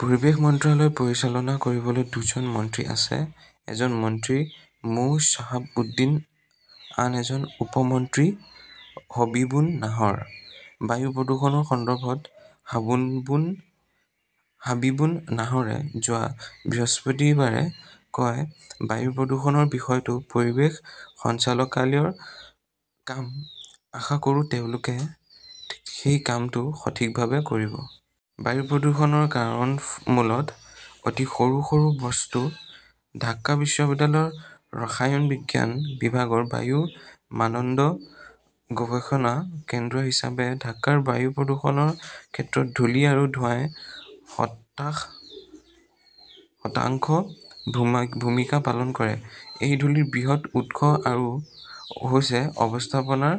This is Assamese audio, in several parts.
পৰিৱেশ মন্ত্ৰালয় পৰিচালনা কৰিবলৈ দুজন মন্ত্ৰী আছে। এজন মন্ত্ৰী মো. শ্বাহাব উদ্দিন, আন এজন উপ-মন্ত্ৰী হবীবুন নাহৰ। বায়ু প্ৰদূষণৰ সন্দৰ্ভত হাবিবুন নাহৰে যোৱা বৃহস্পতিবাৰে কয়, "বায়ু প্ৰদূষণৰ বিষয়টো পৰিৱেশ সঞ্চালকালয়ৰ কাম। আশা কৰোঁ তেওঁলোকে সেই কামটো সঠিকভাৱে কৰিব। 'বায়ু প্ৰদূষণৰ কাৰণ মূলতঃ অতি সৰু সৰু বস্তু। ঢাকা বিশ্ববিদ্যালয়ৰ ৰসায়ন বিজ্ঞান বিভাগৰ বায়ু মানদণ্ড গৱেষণা কেন্দ্ৰ হিচাপে ঢাকাৰ বায়ু প্ৰদূষণৰ ক্ষেত্ৰত ধূলি আৰু ধোঁৱাই শতাংশ ভূমিকা পালন কৰে। এই ধূলিৰ বৃহৎ উৎস হৈছে অব্যৱস্থাপনাৰ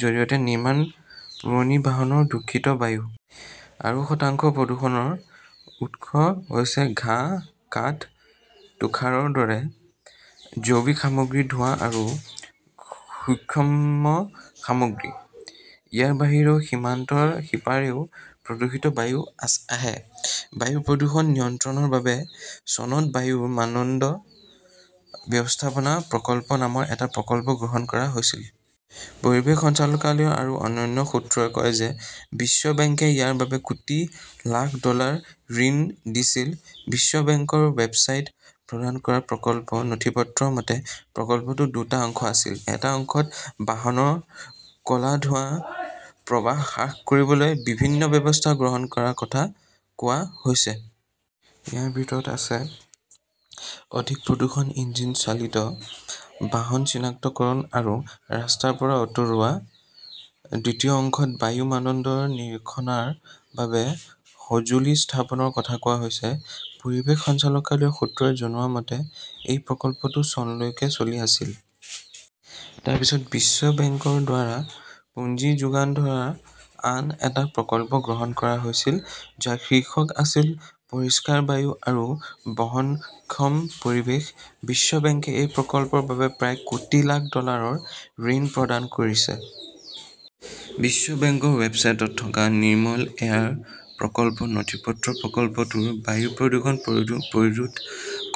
জৰিয়তে নিৰ্মাণ, পুৰণি বাহনৰ দূষিত বায়ু। আৰু শতাংশ প্ৰদূষণৰ উৎস হৈছে ঘাঁহ, কাঠ, তুষাৰৰ দৰে জৈৱিক সামগ্ৰীৰ ধোঁৱা আৰু সূক্ষ্ম সামগ্ৰী। ইয়াৰ বাহিৰেও সীমান্তৰ সিপাৰেও প্ৰদূষিত বায়ু আহে। বায়ু প্ৰদূষণ নিয়ন্ত্ৰণৰ বাবে চনত বায়ুৰ মানদণ্ড ব্যৱস্থাপনা প্ৰকল্প নামৰ এটা প্ৰকল্প গ্ৰহণ কৰা হৈছিল। পৰিৱেশ সঞ্চালকালয় আৰু অন্যান্য সূত্ৰই কয় যে বিশ্ব বেংকে ইয়াৰ বাবে কোটি লাখ ডলাৰ ঋণ দিছিল। বিশ্ব বেংকৰ ৱেবছাইটত প্ৰদান কৰা প্ৰকল্প নথিপত্ৰৰ মতে, প্ৰকল্পটোৰ দুটা অংশ আছিল। এটা অংশত বাহনৰ ক 'লা ধোঁৱাৰ প্ৰবাহ হ্ৰাস কৰিবলৈ বিভিন্ন ব্যৱস্থা গ্ৰহণ কৰাৰ কথা কোৱা হৈছে। ইয়াৰ ভিতৰত আছে অধিক প্ৰদূষক ইঞ্জিন চালিত বাহন চিনাক্তকৰণ আৰু ৰাস্তাৰ পৰা আঁতৰোৱা। দ্বিতীয় অংশত বায়ুৰ মানদণ্ড নিৰীক্ষণৰ বাবে সঁজুলি স্থাপনৰ কথা কোৱা হৈছে। পৰিৱেশ সঞ্চালকালয়ৰ সূত্ৰই জনোৱা মতে এই প্ৰকল্পটো চনলৈকে চলি আছিল। তাৰ পিছত বিশ্ব বেংকৰ দ্বাৰা পুঁজি যোগান ধৰা আন এটা প্ৰকল্প গ্ৰহণ কৰা হৈছিল, যাৰ শীৰ্ষক আছিল পৰিষ্কাৰ বায়ু আৰু বহনক্ষম পৰিৱেশ। বিশ্ব বেংকে এই প্ৰকল্পৰ বাবে প্ৰায় কোটি লাখ ডলাৰৰ ঋণ প্ৰদান কৰিছে। বিশ্ব বেংকৰ ৱেবছাইটত থকা নিৰ্মল এয়াৰ প্ৰকল্পৰ নথিপত্ৰত প্ৰকল্পটোৰ বায়ু প্ৰদূষণ প্ৰতিৰোধ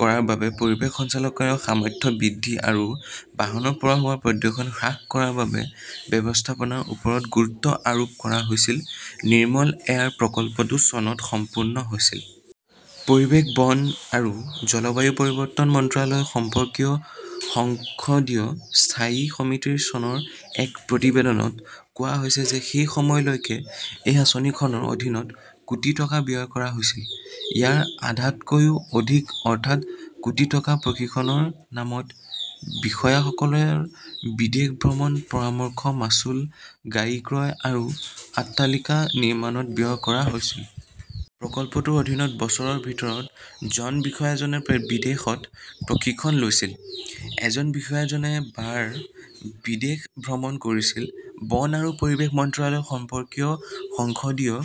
কৰাৰ বাবে পৰিৱেশ সঞ্চালকালয়ৰ সামৰ্থ্য বৃদ্ধি আৰু বাহনৰ পৰা হোৱা প্ৰদূষণ হ্ৰাস কৰাৰ বাবে ব্যৱস্থাপনাৰ ওপৰত গুৰুত্ব আৰোপ কৰা হৈছে। নিৰ্মল এয়াৰ প্ৰকল্পটো চনত সম্পূৰ্ণ হৈছিল। পৰিৱেশ, বন আৰু জলবায়ু পৰিৱৰ্তন মন্ত্ৰালয় সম্পৰ্কীয় সংসদীয় স্থায়ী সমিতিৰ চনৰ এক প্ৰতিবেদনত কোৱা হৈছে যে সেই সময়লৈকে এই আঁচনিখনৰ অধীনত কোটি টকা ব্যয় কৰা হৈছিল। ইয়াৰ আধাতকৈও অধিক, অৰ্থাৎ কোটি টকা, প্ৰশিক্ষণৰ নামত বিষয়াসকলৰ বিদেশ ভ্ৰমণ, পৰামৰ্শ মাচুল, গাড়ী ক্ৰয় আৰু অট্টালিকা নিৰ্মাণত ব্যয় কৰা হৈছিল। প্ৰকল্পটোৰ অধীনত বছৰৰ ভিতৰত জন বিষয়াজনে বিদেশত প্ৰশিক্ষণ লৈছিল। এজন বিষয়াজনে বাৰ বিদেশ ভ্ৰমণ কৰিছিল। বন আৰু পৰিৱেশ মন্ত্ৰালয় সম্পৰ্কীয় সংসদীয়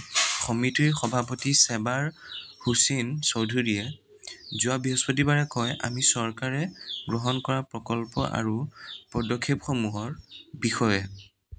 সমিতিৰ সভাপতি চেবাৰ হোসেন চৌধুৰীয়ে যোৱা বৃহস্পতিবাৰে কয়, "আমি চৰকাৰে গ্ৰহণ কৰা প্ৰকল্প আৰু পদক্ষেপসমূহৰ বিষয়ে